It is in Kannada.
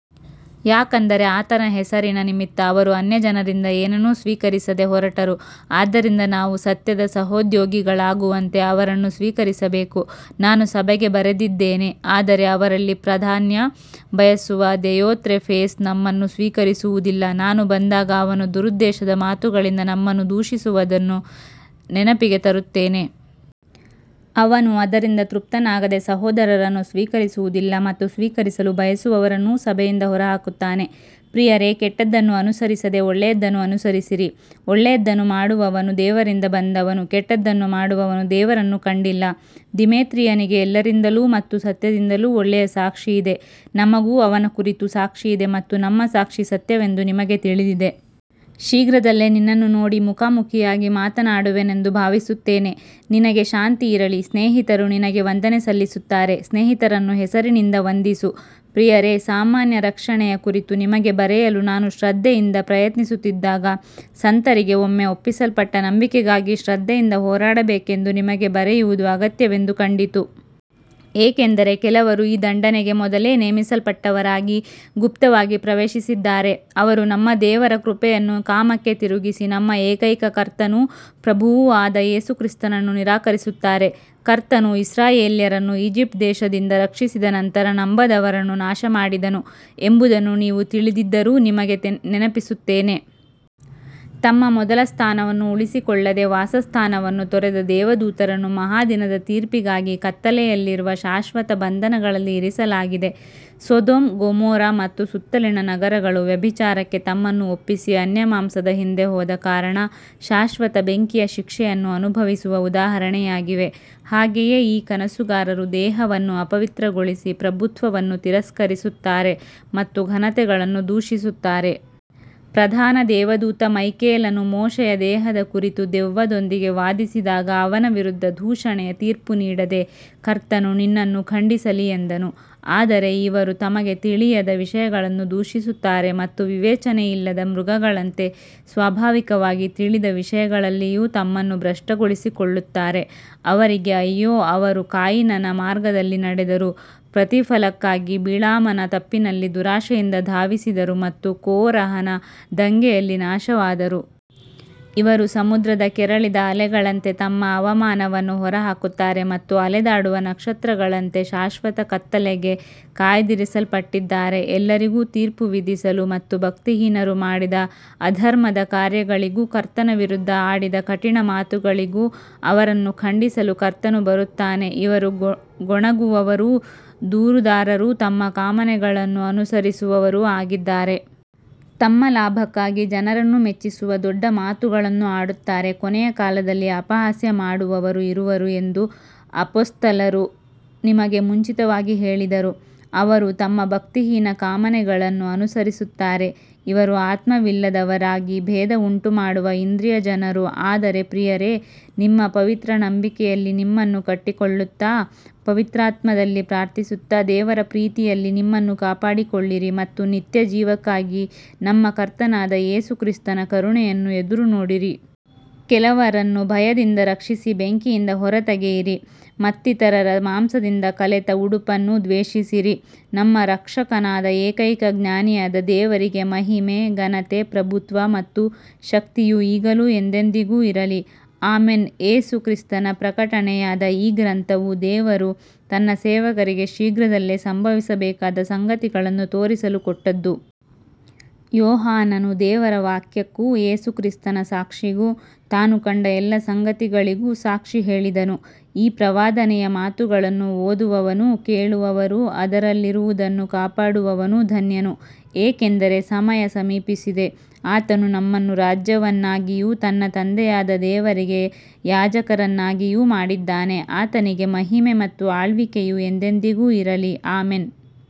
ಯಾಕಂದರೆ ಆತನ ಹೆಸರಿನ ನಿಮಿತ್ತ ಅವರು ಅನ್ಯಜನರಿಂದ ಏನನ್ನೂ ಸ್ವೀಕರಿಸದೆ ಹೊರಟರು. ಆದ್ದರಿಂದ ನಾವು ಸತ್ಯದ ಸಹೋದ್ಯೋಗಿಗಳಾಗುವಂತೆ ಅವರನ್ನು ಸ್ವೀಕರಿಸಬೇಕು. ನಾನು ಸಭೆಗೆ ಬರೆದಿದ್ದೇನೆ, ಆದರೆ ಅವರಲ್ಲಿ ಪ್ರಾಧಾನ್ಯ ಬಯಸುವ ದಿಯೊತ್ರೆಫೇಸ್ ನಮ್ಮನ್ನು ಸ್ವೀಕರಿಸುವುದಿಲ್ಲ. ನಾನು ಬಂದಾಗ ಅವನು ದುರುದ್ದೇಶದ ಮಾತುಗಳಿಂದ ನಮ್ಮನ್ನು ದೂಷಿಸುವುದನ್ನು ನೆನಪಿಗೆ ತರುತ್ತೇನೆ. ಅವನು ಅದರಿಂದ ತೃಪ್ತನಾಗದೆ ಸಹೋದರರನ್ನು ಸ್ವೀಕರಿಸುವುದಿಲ್ಲ ಮತ್ತು ಸ್ವೀಕರಿಸಲು ಬಯಸುವವರನ್ನೂ ಸಭೆಯಿಂದ ಹೊರಹಾಕುತ್ತಾನೆ. ಪ್ರಿಯರೇ, ಕೆಟ್ಟದ್ದನ್ನು ಅನುಸರಿಸದೆ ಒಳ್ಳೆಯದನ್ನು ಅನುಸರಿಸಿರಿ. ಒಳ್ಳೆಯದನ್ನು ಮಾಡುವವನು ದೇವರಿಂದ ಬಂದವನು, ಕೆಟ್ಟದ್ದನ್ನು ಮಾಡುವವನು ದೇವರನ್ನು ಕಂಡಿಲ್ಲ. ದಿಮೇತ್ರಿಯನಿಗೆ ಎಲ್ಲರಿಂದಲೂ ಮತ್ತು ಸತ್ಯದಿಂದಲೂ ಒಳ್ಳೆಯ ಸಾಕ್ಷಿಯಿದೆ. ನಮಗೂ ಅವನ ಕುರಿತು ಸಾಕ್ಷಿಯಿದೆ ಮತ್ತು ನಮ್ಮ ಸಾಕ್ಷಿ ಸತ್ಯವೆಂದು ನಿಮಗೆ ತಿಳಿದಿದೆ. ಶೀಘ್ರದಲ್ಲೇ ನಿನ್ನನ್ನು ನೋಡಿ ಮುಖಾಮುಖಿಯಾಗಿ ಮಾತನಾಡುವೆನೆಂದು ಭಾವಿಸುತ್ತೇನೆ. ನಿನಗೆ ಶಾಂತಿ ಇರಲಿ. ಸ್ನೇಹಿತರು ನಿನಗೆ ವಂದನೆ ಸಲ್ಲಿಸುತ್ತಾರೆ. ಸ್ನೇಹಿತರನ್ನು ಹೆಸರಿನಿಂದ ವಂದಿಸು. ಪ್ರಿಯರೇ, ಸಾಮಾನ್ಯ ರಕ್ಷಣೆಯ ಕುರಿತು ನಿಮಗೆ ಬರೆಯಲು ನಾನು ಶ್ರದ್ಧೆಯಿಂದ ಪ್ರಯತ್ನಿಸುತ್ತಿದ್ದಾಗ, ಸಂತರಿಗೆ ಒಮ್ಮೆ ಒಪ್ಪಿಸಲ್ಪಟ್ಟ ನಂಬಿಕೆಗಾಗಿ ಶ್ರದ್ಧೆಯಿಂದ ಹೋರಾಡಬೇಕೆಂದು ನಿಮಗೆ ಬರೆಯುವುದು ಅಗತ್ಯವೆಂದು ಕಂಡಿತು. ಏಕೆಂದರೆ ಕೆಲವರು ಈ ದಂಡನೆಗೆ ಮೊದಲೇ ನೇಮಿಸಲ್ಪಟ್ಟವರಾಗಿ ಗುಪ್ತವಾಗಿ ಪ್ರವೇಶಿಸಿದ್ದಾರೆ. ಅವರು ನಮ್ಮ ದೇವರ ಕೃಪೆಯನ್ನು ಕಾಮಕ್ಕೆ ತಿರುಗಿಸಿ ನಮ್ಮ ಏಕೈಕ ಕರ್ತನೂ ಪ್ರಭುವೂ ಆದ ಯೇಸು ಕ್ರಿಸ್ತನನ್ನು ನಿರಾಕರಿಸುತ್ತಾರೆ. ಕರ್ತನು ಇಸ್ರಾಯೇಲ್ಯರನ್ನು ಈಜಿಪ್ಟ್ ದೇಶದಿಂದ ರಕ್ಷಿಸಿದ ನಂತರ ನಂಬದವರನ್ನು ನಾಶಮಾಡಿದನು ಎಂಬುದನ್ನು ನೀವು ತಿಳಿದಿದ್ದರೂ ನಿಮಗೆ ನೆನಪಿಸುತ್ತೇನೆ. ತಮ್ಮ ಮೊದಲ ಸ್ಥಾನವನ್ನು ಉಳಿಸಿಕೊಳ್ಳದೆ ವಾಸಸ್ಥಾನವನ್ನು ತೊರೆದ ದೇವದೂತರನ್ನು ಮಹಾದಿನದ ತೀರ್ಪಿಗಾಗಿ ಕತ್ತಲೆಯಲ್ಲಿರುವ ಶಾಶ್ವತ ಬಂಧನಗಳಲ್ಲಿ ಇರಿಸಲಾಗಿದೆ. ಸೊದೊಮ್ ಗೊಮೋರ ಮತ್ತು ಸುತ್ತಲಿನ ನಗರಗಳು ವ್ಯಭಿಚಾರಕ್ಕೆ ತಮ್ಮನ್ನು ಒಪ್ಪಿಸಿ ಅನ್ಯಮಾಂಸದ ಹಿಂದೆ ಹೋದ ಕಾರಣ ಶಾಶ್ವತ ಬೆಂಕಿಯ ಶಿಕ್ಷೆಯನ್ನು ಅನುಭವಿಸುವ ಉದಾಹರಣೆಯಾಗಿವೆ. ಹಾಗೆಯೇ ಈ ಕನಸುಗಾರರು ದೇಹವನ್ನು ಅಪವಿತ್ರಗೊಳಿಸಿ ಪ್ರಭುತ್ವವನ್ನು ತಿರಸ್ಕರಿಸುತ್ತಾರೆ ಮತ್ತು ಘನತೆಗಳನ್ನು ದೂಷಿಸುತ್ತಾರೆ. ಪ್ರಧಾನ ದೇವದೂತ ಮೈಕೇಲನು ಮೋಶೆಯ ದೇಹದ ಕುರಿತು ದೆವ್ವದೊಂದಿಗೆ ವಾದಿಸಿದಾಗ ಅವನ ವಿರುದ್ಧ ದೂಷಣೆಯ ತೀರ್ಪು ನೀಡದೆ, ಕರ್ತನು ನಿನ್ನನ್ನು ಖಂಡಿಸಲಿ ಎಂದನು. ಆದರೆ ಇವರು ತಮಗೆ ತಿಳಿಯದ ವಿಷಯಗಳನ್ನು ದೂಷಿಸುತ್ತಾರೆ ಮತ್ತು ವಿವೇಚನೆಯಿಲ್ಲದ ಮೃಗಗಳಂತೆ ಸ್ವಾಭಾವಿಕವಾಗಿ ತಿಳಿದ ವಿಷಯಗಳಲ್ಲಿಯೂ ತಮ್ಮನ್ನು ಭ್ರಷ್ಟಗೊಳಿಸಿಕೊಳ್ಳುತ್ತಾರೆ. ಅವರಿಗೆ ಅಯ್ಯೋ, ಅವರು ಕಾಯಿನನ ಮಾರ್ಗದಲ್ಲಿ ನಡೆದರು, ಪ್ರತಿಫಲಕ್ಕಾಗಿ ಬಿಳಾಮನ ತಪ್ಪಿನಲ್ಲಿ ದುರಾಶೆಯಿಂದ ಧಾವಿಸಿದರು ಮತ್ತು ಕೋರಹನ ದಂಗೆಯಲ್ಲಿ ನಾಶವಾದರು. ಇವರು ಸಮುದ್ರದ ಕೆರಳಿದ ಅಲೆಗಳಂತೆ ತಮ್ಮ ಅವಮಾನವನ್ನು ಹೊರಹಾಕುತ್ತಾರೆ ಮತ್ತು ಅಲೆದಾಡುವ ನಕ್ಷತ್ರಗಳಂತೆ ಶಾಶ್ವತ ಕತ್ತಲೆಗೆ ಕಾಯ್ದಿರಿಸಲ್ಪಟ್ಟಿದ್ದಾರೆ. ಎಲ್ಲರಿಗೂ ತೀರ್ಪು ವಿಧಿಸಲು ಮತ್ತು ಭಕ್ತಿಹೀನರು ಮಾಡಿದ ಅಧರ್ಮದ ಕಾರ್ಯಗಳಿಗೂ ಕರ್ತನ ವಿರುದ್ಧ ಆಡಿದ ಕಠಿಣ ಮಾತುಗಳಿಗೂ ಅವರನ್ನು ಖಂಡಿಸಲು ಕರ್ತನು ಬರುತ್ತಾನೆ. ಇವರು ಗೊಣಗುವವರೂ ದೂರುದಾರರೂ ತಮ್ಮ ಕಾಮನೆಗಳನ್ನು ಅನುಸರಿಸುವವರೂ ಆಗಿದ್ದಾರೆ. ತಮ್ಮ ಲಾಭಕ್ಕಾಗಿ ಜನರನ್ನು ಮೆಚ್ಚಿಸುವ ದೊಡ್ಡ ಮಾತುಗಳನ್ನು ಆಡುತ್ತಾರೆ. ಕೊನೆಯ ಕಾಲದಲ್ಲಿ ಅಪಹಾಸ್ಯ ಮಾಡುವವರು ಇರುವರು ಎಂದು ಅಪೊಸ್ತಲರು ನಿಮಗೆ ಮುಂಚಿತವಾಗಿ ಹೇಳಿದರು. ಅವರು ತಮ್ಮ ಭಕ್ತಿಹೀನ ಕಾಮನೆಗಳನ್ನು ಅನುಸರಿಸುತ್ತಾರೆ. ಇವರು ಆತ್ಮವಿಲ್ಲದವರಾಗಿ ಭೇದ ಉಂಟುಮಾಡುವ ಇಂದ್ರಿಯಜನರು. ಆದರೆ ಪ್ರಿಯರೇ, ನಿಮ್ಮ ಪವಿತ್ರ ನಂಬಿಕೆಯಲ್ಲಿ ನಿಮ್ಮನ್ನು ಕಟ್ಟಿಕೊಳ್ಳುತ್ತಾ, ಪವಿತ್ರಾತ್ಮದಲ್ಲಿ ಪ್ರಾರ್ಥಿಸುತ್ತಾ, ದೇವರ ಪ್ರೀತಿಯಲ್ಲಿ ನಿಮ್ಮನ್ನು ಕಾಪಾಡಿಕೊಳ್ಳಿರಿ ಮತ್ತು ನಿತ್ಯಜೀವಕ್ಕಾಗಿ ನಮ್ಮ ಕರ್ತನಾದ ಯೇಸು ಕ್ರಿಸ್ತನ ಕರುಣೆಯನ್ನು ಎದುರುನೋಡಿರಿ. ಕೆಲವರನ್ನು ಭಯದಿಂದ ರಕ್ಷಿಸಿ ಬೆಂಕಿಯಿಂದ ಹೊರತೆಗೆಯಿರಿ, ಮತ್ತಿತರರ ಮಾಂಸದಿಂದ ಕಲೆತ ಉಡುಪನ್ನೂ ದ್ವೇಷಿಸಿರಿ. ನಮ್ಮ ರಕ್ಷಕನಾದ ಏಕೈಕ ಜ್ಞಾನಿಯಾದ ದೇವರಿಗೆ ಮಹಿಮೆ, ಘನತೆ, ಪ್ರಭುತ್ವ ಮತ್ತು ಶಕ್ತಿಯು ಈಗಲೂ ಎಂದೆಂದಿಗೂ ಇರಲಿ. ಆಮೆನ್. ಯೇಸು ಕ್ರಿಸ್ತನ ಪ್ರಕಟನೆಯಾದ ಈ ಗ್ರಂಥವು ದೇವರು ತನ್ನ ಸೇವಕರಿಗೆ ಶೀಘ್ರದಲ್ಲೇ ಸಂಭವಿಸಬೇಕಾದ ಸಂಗತಿಗಳನ್ನು ತೋರಿಸಲು ಕೊಟ್ಟದ್ದು. ಯೋಹಾನನು ದೇವರ ವಾಕ್ಯಕ್ಕೂ ಯೇಸು ಕ್ರಿಸ್ತನ ಸಾಕ್ಷಿಗೂ ತಾನು ಕಂಡ ಎಲ್ಲ ಸಂಗತಿಗಳಿಗೂ ಸಾಕ್ಷಿ ಹೇಳಿದನು. ಈ ಪ್ರವಾದನೆಯ ಮಾತುಗಳನ್ನು ಓದುವವನೂ ಕೇಳುವವರೂ ಅದರಲ್ಲಿರುವುದನ್ನು ಕಾಪಾಡುವವನೂ ಧನ್ಯನು, ಏಕೆಂದರೆ ಸಮಯ ಸಮೀಪಿಸಿದೆ. ಆತನು ನಮ್ಮನ್ನು ರಾಜ್ಯವನ್ನಾಗಿಯೂ ತನ್ನ ತಂದೆಯಾದ ದೇವರಿಗೆ ಯಾಜಕರನ್ನಾಗಿಯೂ ಮಾಡಿದ್ದಾನೆ. ಆತನಿಗೆ ಮಹಿಮೆ ಮತ್ತು ಆಳ್ವಿಕೆಯು ಎಂದೆಂದಿಗೂ ಇರಲಿ. ಆಮೆನ್.